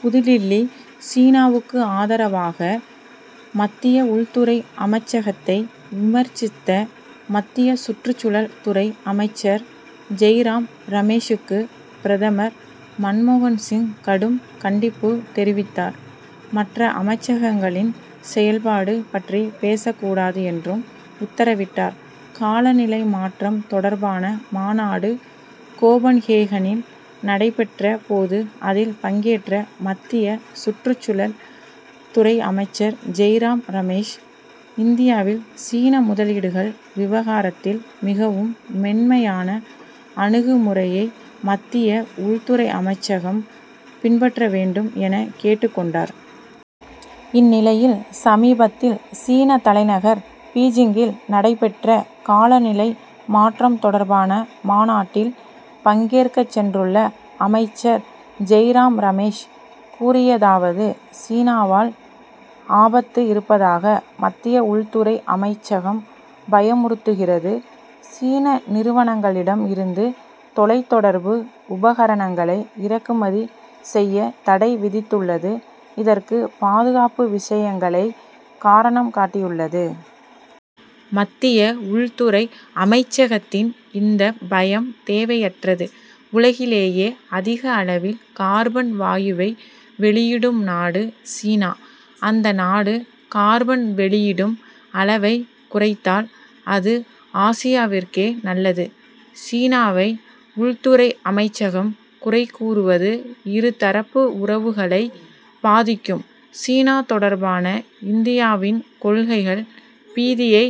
புதுடில்லி சீனாவுக்கு ஆதரவாக மத்திய உள்துறை அமைச்சகத்தை விமர்சித்த மத்திய சுற்றுச்சூழல் துறை அமைச்சர் ஜெய்ராம் ரமேஷுக்கு பிரதமர் மன்மோகன் சிங் கடும் கண்டிப்பு தெரிவித்தார். மற்ற அமைச்சகங்களின் செயல்பாடு பற்றி பேசக்கூடாது என்றும் உத்தரவிட்டார். காலநிலை மாற்றம் தொடர்பான மாநாடு கோபன்ஹேகனில் நடைபெற்ற போது அதில் பங்கேற்ற மத்திய சுற்றுச்சூழல் துறை அமைச்சர் ஜெய்ராம் ரமேஷ் இந்தியாவில் சீன முதலீடுகள் விவகாரத்தில் மிகவும் மென்மையான அணுகுமுறையை மத்திய உள்துறை அமைச்சகம் பின்பற்ற வேண்டும் என கேட்டுக் கொண்டார். இந்நிலையில் சமீபத்தில் சீன தலைநகர் பீஜிங்கில் நடைபெற்ற காலநிலை மாற்றம் தொடர்பான மாநாட்டில் பங்கேற்கச் சென்றுள்ள அமைச்சர் ஜெய்ராம் ரமேஷ் கூறியதாவது சீனாவால் ஆபத்து இருப்பதாக மத்திய உள்துறை அமைச்சகம் பயமுறுத்துகிறது. சீன நிறுவனங்களிடம் இருந்து தொலைத்தொடர்பு உபகரணங்களை இறக்குமதி செய்ய தடை விதித்துள்ளது. இதற்கு பாதுகாப்பு விஷயங்களை காரணம் காட்டியுள்ளது. மத்திய உள்துறை அமைச்சகத்தின் இந்தப் பயம் தேவையற்றது. உலகிலேயே அதிக அளவில் கார்பன் வாயுவை வெளியிடும் நாடு சீனா. அந்த நாடு கார்பன் வெளியிடும் அளவை குறைத்தால் அது ஆசியாவிற்கே நல்லது. சீனாவை உள்துறை அமைச்சகம் குறை கூறுவது இரு தரப்பு உறவுகளை பாதிக்கும். சீனா தொடர்பான இந்தியாவின் கொள்கைகள் பீதியை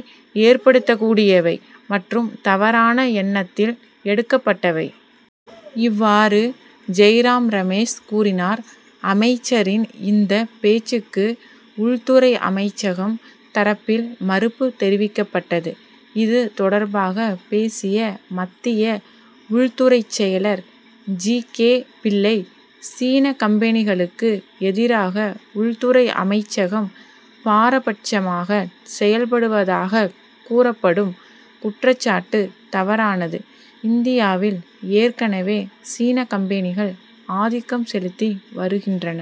ஏற்படுத்தக்கூடியவை மற்றும் தவறான எண்ணத்தில் எடுக்கப்பட்டவை. இவ்வாறு ஜெய்ராம் ரமேஷ் கூறினார். அமைச்சரின் இந்தப் பேச்சுக்கு உள்துறை அமைச்சகம் தரப்பில் மறுப்பு தெரிவிக்கப்பட்டது. இது தொடர்பாக பேசிய மத்திய உள்துறைச் செயலர் ஜி. கே. பிள்ளை சீன கம்பெனிகளுக்கு எதிராக உள்துறை அமைச்சகம் பாரபட்சமாகச் செயல்படுவதாகக் கூறப்படும் குற்றச்சாட்டு தவறானது. இந்தியாவில் ஏற்கனவே சீன கம்பெனிகள் ஆதிக்கம் செலுத்தி வருகின்றன.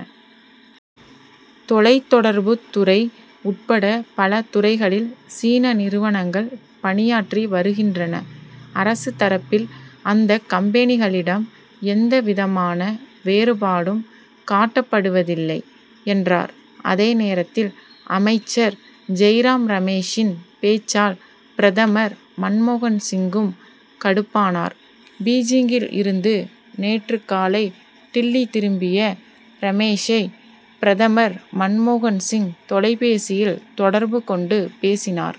தொலைத்தொடர்புத் துறை உட்பட பல துறைகளில் சீன நிறுவனங்கள் பணியாற்றி வருகின்றன. அரசு தரப்பில் அந்தக் கம்பெனிகளிடம் எந்த விதமான வேறுபாடும் காட்டப்படுவதில்லை என்றார். அதே நேரத்தில் அமைச்சர் ஜெய்ராம் ரமேஷின் பேச்சால் பிரதமர் மன்மோகன் சிங்கும் கடுப்பானார். பீஜிங்கில் இருந்து நேற்று காலை டில்லி திரும்பிய ரமேஷை பிரதமர் மன்மோகன் சிங் தொலைபேசியில் தொடர்பு கொண்டு பேசினார்.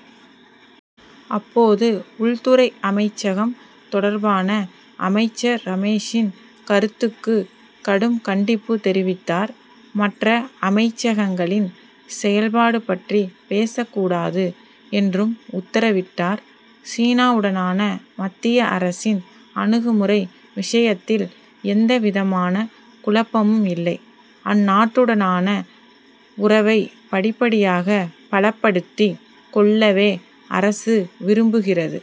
அப்போது உள்துறை அமைச்சகம் தொடர்பான அமைச்சர் ரமேஷின் கருத்துக்கு கடும் கண்டிப்பு தெரிவித்தார். மற்ற அமைச்சகங்களின் செயல்பாடு பற்றி பேசக்கூடாது என்றும் உத்தரவிட்டார். சீனாவுடனான மத்திய அரசின் அணுகுமுறை விஷயத்தில் எந்த விதமான குழப்பமும் இல்லை. அந்நாட்டுடனான உறவை படிப்படியாக பலப்படுத்திக் கொள்ளவே அரசு விரும்புகிறது.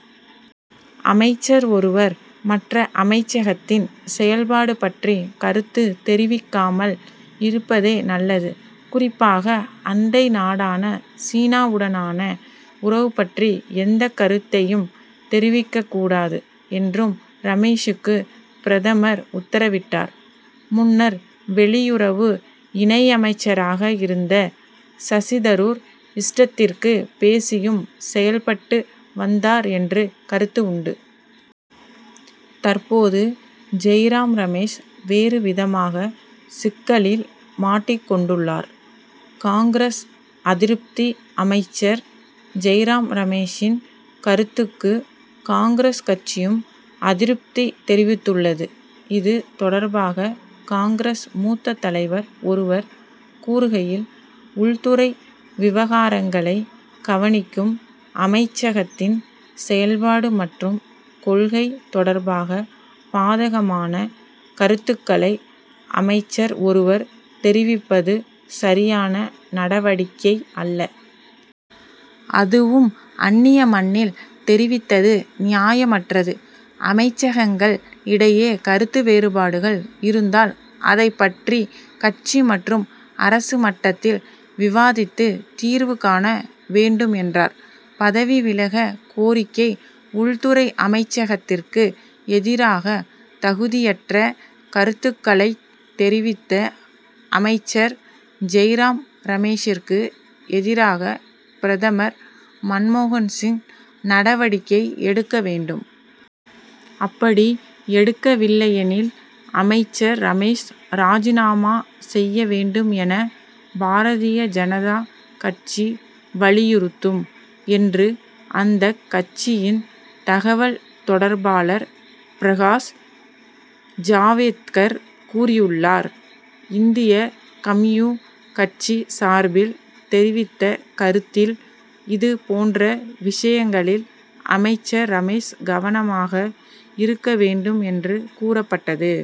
அமைச்சர் ஒருவர் மற்ற அமைச்சகத்தின் செயல்பாடு பற்றி கருத்து தெரிவிக்காமல் இருப்பதே நல்லது. குறிப்பாக அண்டை நாடான சீனாவுடனான உறவு பற்றி எந்தக் கருத்தையும் தெரிவிக்கக்கூடாது என்றும் ரமேஷுக்கு பிரதமர் உத்தரவிட்டார். முன்னர் வெளியுறவு இணையமைச்சராக இருந்த சசி தரூர் இஷ்டத்திற்கு பேசியும் செயல்பட்டு வந்தார் என்ற கருத்து உண்டு. தற்போது ஜெய்ராம் ரமேஷ் வேறு விதமாக சிக்கலில் மாட்டிக் கொண்டுள்ளார். காங்கிரஸ் அதிருப்தி அமைச்சர் ஜெய்ராம் ரமேஷின் கருத்துக்கு காங்கிரஸ் கட்சியும் அதிருப்தி தெரிவித்துள்ளது. இது தொடர்பாக காங்கிரஸ் மூத்த தலைவர் ஒருவர் கூறுகையில் உள்துறை விவகாரங்களை கவனிக்கும் அமைச்சகத்தின் செயல்பாடு மற்றும் கொள்கை தொடர்பாக பாதகமான கருத்துக்களை அமைச்சர் ஒருவர் தெரிவிப்பது சரியான நடவடிக்கை அல்ல. அதுவும் அன்னிய மண்ணில் தெரிவித்தது நியாயமற்றது. அமைச்சகங்கள் இடையே கருத்து வேறுபாடுகள் இருந்தால் அதைப் பற்றி கட்சி மற்றும் அரசு மட்டத்தில் விவாதித்து தீர்வு காண வேண்டும் என்றார். பதவி விலக கோரிக்கை உள்துறை அமைச்சகத்திற்கு எதிராக தகுதியற்ற கருத்துக்களைத் தெரிவித்த அமைச்சர் ஜெய்ராம் ரமேஷிற்கு எதிராக பிரதமர் மன்மோகன் சிங் நடவடிக்கை எடுக்க வேண்டும். அப்படி எடுக்கவில்லையெனில் அமைச்சர் ரமேஷ் ராஜினாமா செய்ய வேண்டும் என பாரதிய ஜனதா கட்சி வலியுறுத்தும் என்று அந்தக் கட்சியின் தகவல் தொடர்பாளர் பிரகாஷ் ஜாவேத்கர் கூறியுள்ளார். இந்திய கம்யூ. கட்சி சார்பில் தெரிவித்த கருத்தில் இது போன்ற விஷயங்களில் அமைச்சர் ரமேஷ் கவனமாக இருக்க வேண்டும் என்று கூறப்பட்டது.